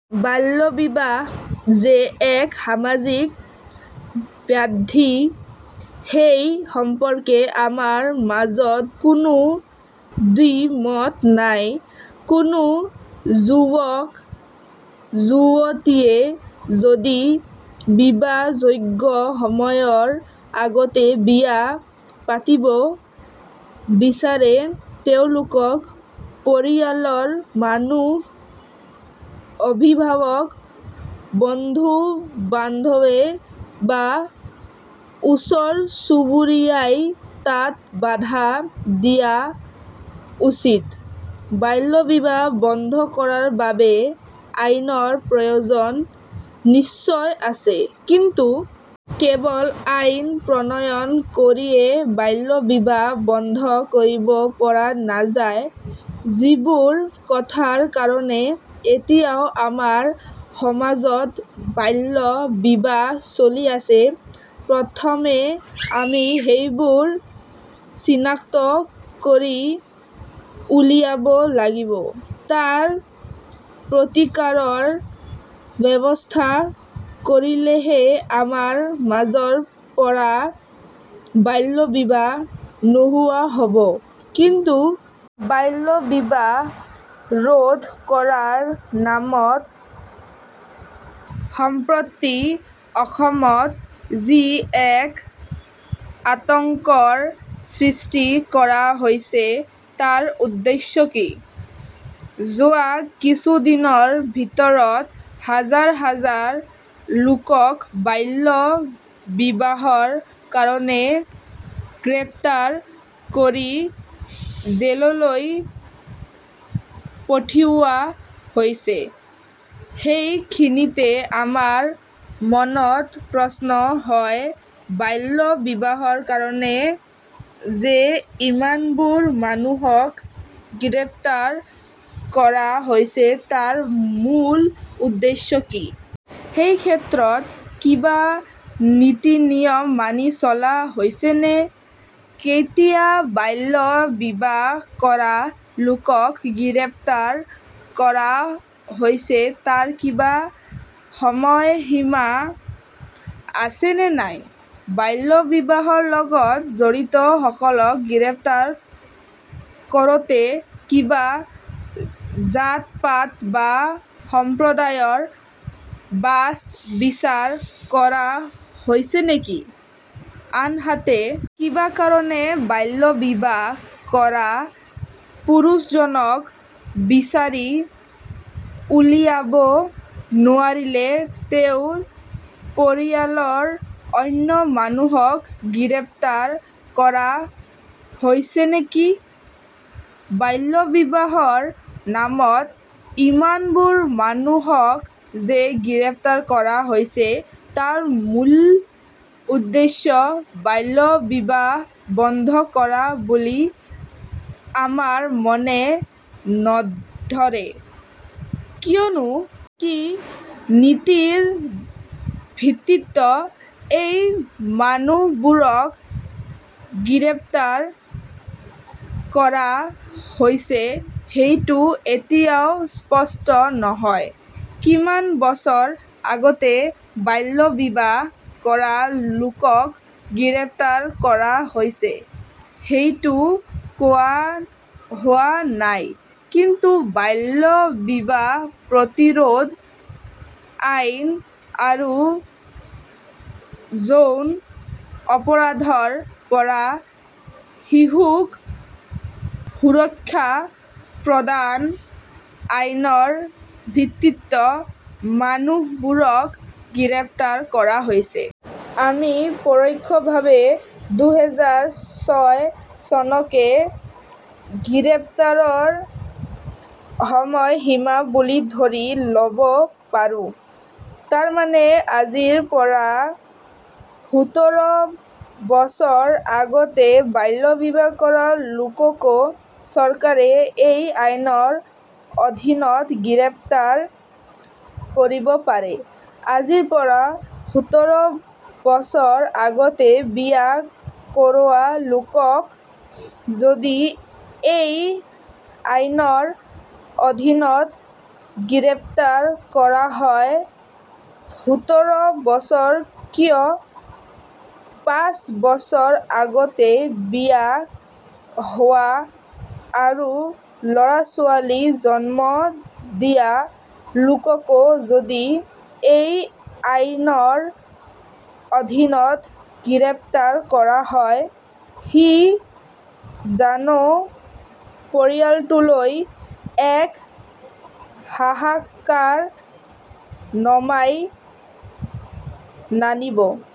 বাল্য বিবাহ যে এক সামাজিক ব্যাধি সেই সম্পৰ্কে আমাৰ মাজত কোনো দ্বি-মত নাই। কোনো যুৱক-যুৱতীয়ে যদি বিবাহযোগ্য সময়ৰ আগতে বিয়া পাতিব বিচাৰে তেওঁলোকৰ পৰিয়ালৰ মানুহ অভিভাৱক বন্ধু-বান্ধৱ বা ওচৰ-চুবুৰীয়াই তাত বাধা দিয়া উচিত। বাল্য বিবাহ বন্ধ কৰাৰ বাবে আইনৰ প্ৰয়োজন নিশ্চয় আছে। কিন্তু কেৱল আইন প্ৰণয়ন কৰিয়ে বাল্য বিবাহ বন্ধ কৰিব পৰা নাযায়। যিবোৰ কথাৰ কাৰণে এতিয়াও আমাৰ সমাজত বাল্য বিবাহ চলি আছে প্ৰথমে আমি সেইবোৰ চিনাক্ত কৰি উলিয়াব লাগিব। তাৰ প্ৰতিকাৰৰ ব্যৱস্থা কৰিলেহে আমাৰ মাজৰ পৰা বাল্য বিবাহ নোহোৱা হ'ব। কিন্তু বাল্য বিবাহ ৰোধ কৰাৰ নামত সম্প্ৰতি অসমত যি এক আতংকৰ সৃষ্টি কৰা হৈছে তাৰ উদ্দেশ্য কি ?যোৱা কিছুদিনৰ ভিতৰত হাজাৰ হাজাৰ লোকক বাল্য বিবাহৰ কাৰণে গ্ৰেপ্তাৰ কৰি জেললৈ পঠিওৱা হৈছে। এইখিনিতে আমাৰ মনত প্ৰশ্ন হয় বাল্য বিবাহৰ কাৰণে যে ইমানবোৰ মানুহক গ্ৰেপ্তাৰ কৰা হৈছে তাৰ মূল উদ্দেশ্য কি? এই ক্ষেত্ৰত কিবা নীতি-নিয়ম মানি চলা হৈছেনে ?কেতিয়া বাল্য বিবাহ কৰা লোকক গ্ৰেপ্তাৰ কৰা হৈছে তাৰ কিবা সময়সীমা আছে নে নাই ?বাল্য বিবাহৰ লগত জড়িত সকলক গ্ৰেপ্তাৰ কৰোঁতে কিবা জাত-পাত বা সম্প্ৰদায়ৰ বাচ-বিচাৰ কৰা হৈছে নেকি ?আনহাতে কিবা কাৰণে বাল্য বিবাহ কৰা পুৰুষজনক বিচাৰি উলিয়াব নোৱাৰিলে তেওঁৰ পৰিয়ালৰ অন্য মানুহক গ্ৰেপ্তাৰ কৰা হৈছে নেকি? বাল্য বিবাহৰ নামত ইমানবোৰ মানুহক যে গ্ৰেপ্তাৰ কৰা হৈছে তাৰ মূল উদ্দেশ্য বাল্য বিবাহ বন্ধ কৰা বুলি আমাৰ মনে নধৰে। কিয়নো কি নীতিৰ ভিত্তিত এই মানুহবোৰক গ্ৰেপ্তাৰ কৰা হৈছে সেইটো এতিয়াও স্পষ্ট নহয়। কিমান বছৰ আগতে বাল্য বিবাহ কৰা লোকক গ্ৰেপ্তাৰ কৰা হৈছে সেইটো কোৱা হোৱা নাই। কিন্তু বাল্য বিবাহ প্ৰতিৰোধ আইন আৰু যৌন অপৰাধৰ পৰা শিশুক সুৰক্ষা প্ৰদান আইনৰ ভিত্তিত মানুহবোৰক গ্ৰেপ্তাৰ কৰা হৈছে। আমি পৰোক্ষভাবে দুহেজাৰ ছয় চনকে গ্ৰেপ্তাৰৰ সময় সীমা বুলি ধৰি ল'ব পাৰোঁ। তাৰমানে আজিৰ পৰা সোতৰ বছৰ আগেয়ে বাল্য বিবাহ কৰা লোককো চৰকাৰে এই আইনৰ অধীনত গ্ৰেপ্তাৰ কৰিব পাৰে ।আজিৰ পৰা সুতৰ বছৰ আগতে বিয়া কৰোৱা লোকক যদি এই আইনৰ অধীনত গ্ৰেপ্তাৰ কৰা হয় সোতৰ বছৰ কিয় পাঁচ বছৰ আগতে বিয়া হোৱা আৰু ল'ৰা-ছোৱালী জন্ম দিয়া লোককো যদি এই আইনৰ অধীনত গ্ৰেপ্তাৰ কৰা হয় সি জানো পৰিয়ালটোলৈ এক হাহাকাৰ নমাই নানিব ।